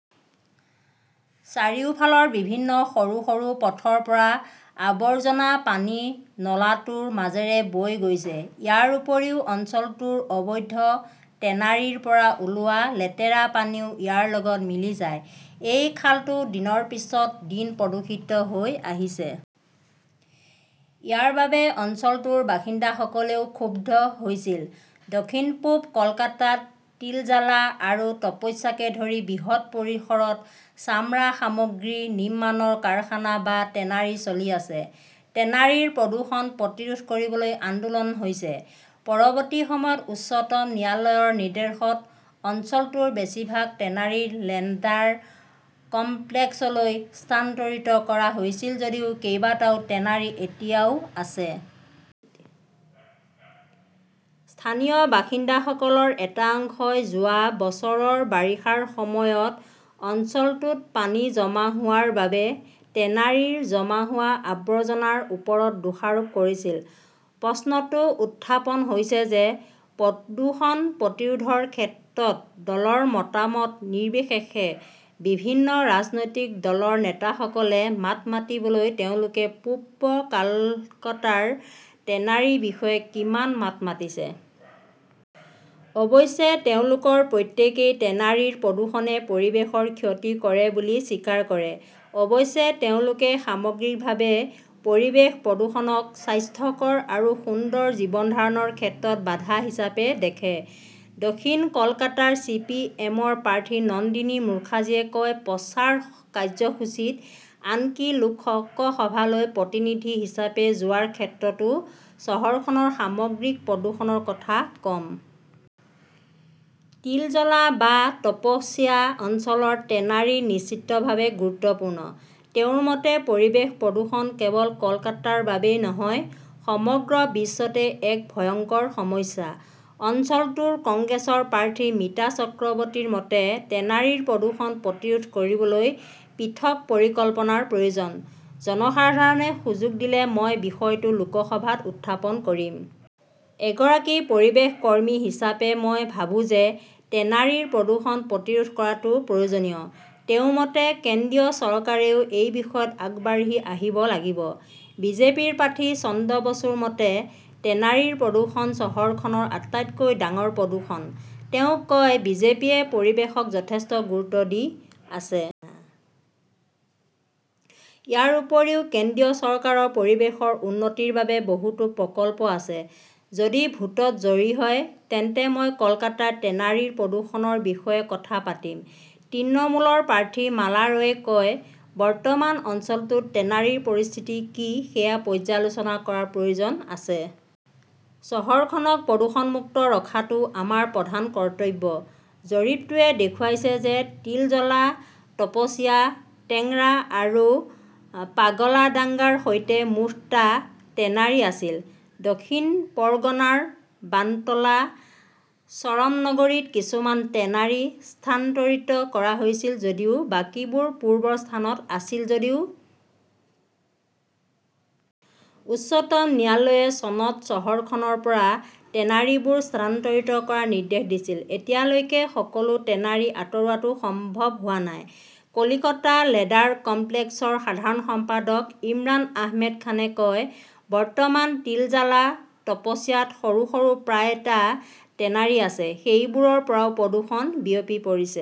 চাৰিওফালৰ বিভিন্ন সৰু - সৰু পথৰ পৰা আৱৰ্জনা পানী নলাটোৰ মাজেৰে বৈ গৈছে। ইয়াৰ উপৰিও অঞ্চলটোৰ অবৈধ টেনাৰীৰ পৰা ওলোৱা লেতেৰা পানীও ইয়াৰ লগত মিলি যায়। এই খালটো দিনৰ পিছত দিন প্ৰদূষিত হৈ আহিছে। ইয়াৰ বাবে অঞ্চলটোৰ বাসিন্দাসকলেও ক্ষুব্ধ হৈছিল। দক্ষিণ-পূব কলকাতাত তিলজালা আৰু তপস্যাকে ধৰি বৃহৎ পৰিসৰত চামৰা সামগ্ৰী নিৰ্মাণৰ কাৰখানা বা টেনাৰী চলি আছে। টেনাৰীৰ প্ৰদূষণ প্ৰতিৰোধ কৰিবলৈ আন্দোলন হৈছে। পৰৱৰ্তী সময়ত উচ্চতম ন্যায়ালয়ৰ নিৰ্দেশত অঞ্চলটোৰ বেছিভাগ টেনাৰী লেদাৰ কমপ্লেক্সলৈ স্থানান্তৰিত কৰা হৈছিল যদিও কেইবাটাও টেনাৰী এতিয়াও আছে। স্থানীয় বাসিন্দাসকলৰ এটা অংশই যোৱা বছৰৰ বাৰিষাৰ সময়ত অঞ্চলটোত পানী জমা হোৱাৰ বাবে টেনাৰীৰ জমা হোৱা আৱৰ্জনাৰ ওপৰত দোষাৰোপ কৰিছিল। প্ৰশ্নটো উত্থাপন হৈছে যে প্ৰদূষণ প্ৰতিৰোধৰ ক্ষেত্ৰত দলৰ মতামত নিৰ্বিশেষে বিভিন্ন ৰাজনৈতিক দলৰ নেতাসকলে মাত মাতিলেও তেওঁলোকে পূব কলকাতাৰ টেনাৰীৰ বিষয়ে কিমান মাত মাতিছে? অৱশ্যে, তেওঁলোকৰ প্ৰত্যেকেই টেনাৰীৰ প্ৰদূষণে পৰিৱেশৰ ক্ষতি কৰে বুলি স্বীকাৰ কৰে। অৱশ্যে, তেওঁলোকে সামগ্ৰিকভাৱে পৰিৱেশ প্ৰদূষণক স্বাস্থ্যকৰ আৰু সুন্দৰ জীৱন ধাৰণৰ ক্ষেত্ৰত বাধা হিচাপে দেখে। দক্ষিণ কলকাতাৰ চি. পি. এম. ৰ প্ৰাৰ্থী নন্দিনী মুখাৰ্জীয়ে কয়, প্ৰচাৰ কাৰ্যসূচীত, আনকি লোকসভালৈ প্ৰতিনিধি হিচাপে যোৱাৰ ক্ষেত্ৰতো, চহৰখনৰ সামগ্ৰিক প্ৰদূষণৰ কথা কম। তিলজলা বা তপসিয়া অঞ্চলৰ টেনাৰী নিশ্চিতভাৱে গুৰুত্বপূৰ্ণ। তেওঁৰ মতে, পৰিৱেশ প্ৰদূষণ কেৱল কলকাতাৰ বাবেই নহয়, সমগ্ৰ বিশ্বতে এক ভয়ংকৰ সমস্যা। অঞ্চলটোৰ কংগ্ৰেছৰ প্ৰাৰ্থী মিতা চক্ৰৱৰ্তীৰ মতে, টেনাৰীৰ প্ৰদূষণ প্ৰতিৰোধ কৰিবলৈ পৃথক পৰিকল্পনাৰ প্ৰয়োজন। জনসাধাৰণে সুযোগ দিলে মই বিষয়টো লোকসভাত উত্থাপন কৰিম। এগৰাকী পৰিৱেশ কৰ্মী হিচাপেও মই ভাবো যে টেনাৰীৰ প্ৰদূষণ প্ৰতিৰোধ কৰাটো প্ৰয়োজনীয়। তেওঁৰ মতে, কেন্দ্ৰীয় চৰকাৰেও এই বিষয়ত আগবাঢ়ি আহিব লাগিব। বিজেপিৰ প্ৰাৰ্থী চন্দ্ৰ বসুৰ মতে, টেনাৰীৰ প্ৰদূষণ চহৰখনৰ আটাইতকৈ ডাঙৰ প্ৰদূষণ। তেওঁ কয়, বিজেপিয়ে পৰিৱেশক যথেষ্ট গুৰুত্ব দি আছে। ইয়াৰ উপৰিও, কেন্দ্ৰীয় চৰকাৰৰ পৰিৱেশৰ উন্নতিৰ বাবে বহুতো প্ৰকল্প আছে। যদি ভোটত জয়ী হয়, তেন্তে মই কলকাতাৰ টেনাৰীৰ প্ৰদূষণৰ বিষয়ে কথা পাতিম। তৃণমূলৰ প্ৰাৰ্থী মালা ৰয়ে কয়, বৰ্তমান অঞ্চলটোত টেনাৰীৰ পৰিস্থিতি কি সেয়া পৰ্যালোচনা কৰাৰ প্ৰয়োজন আছে। চহৰখনক প্ৰদূষণমুক্ত ৰখাটো আমাৰ প্ৰধান কৰ্তব্য। জৰীপটোৱে দেখুৱাইছে যে তিলজলা, তপসিয়া, টেংৰা আৰু পাগলাডাঙ্গাৰ সৈতে মুঠ টা টেনাৰী আছিল। দক্ষিণ পৰগনাৰ বান্টলা চৰমনগৰীত কিছুমান টেনাৰী স্থানান্তৰিত কৰা হৈছিল যদিও বাকীবোৰ পূৰ্বৰ স্থানত আছিল। যদিও উচ্চতম ন্যায়ালয়ে চনত চহৰখনৰ পৰা টেনাৰীবোৰ স্থানান্তৰ কৰাৰ নিৰ্দেশ দিছিল, এতিয়ালৈকে সকলো টেনাৰী আঁতৰোৱাটো সম্ভৱ হোৱা নাই, কলিকতা লেদাৰ কমপ্লেক্সৰ সাধাৰণ সম্পাদক ইমৰান আহমেদ খানে কয়। বৰ্তমান তিলজালা-তপছিয়াত সৰু - সৰু প্ৰায় টা টেনাৰী আছে। সেইবোৰৰ পৰাও প্ৰদূষণ বিয়পি পৰিছে।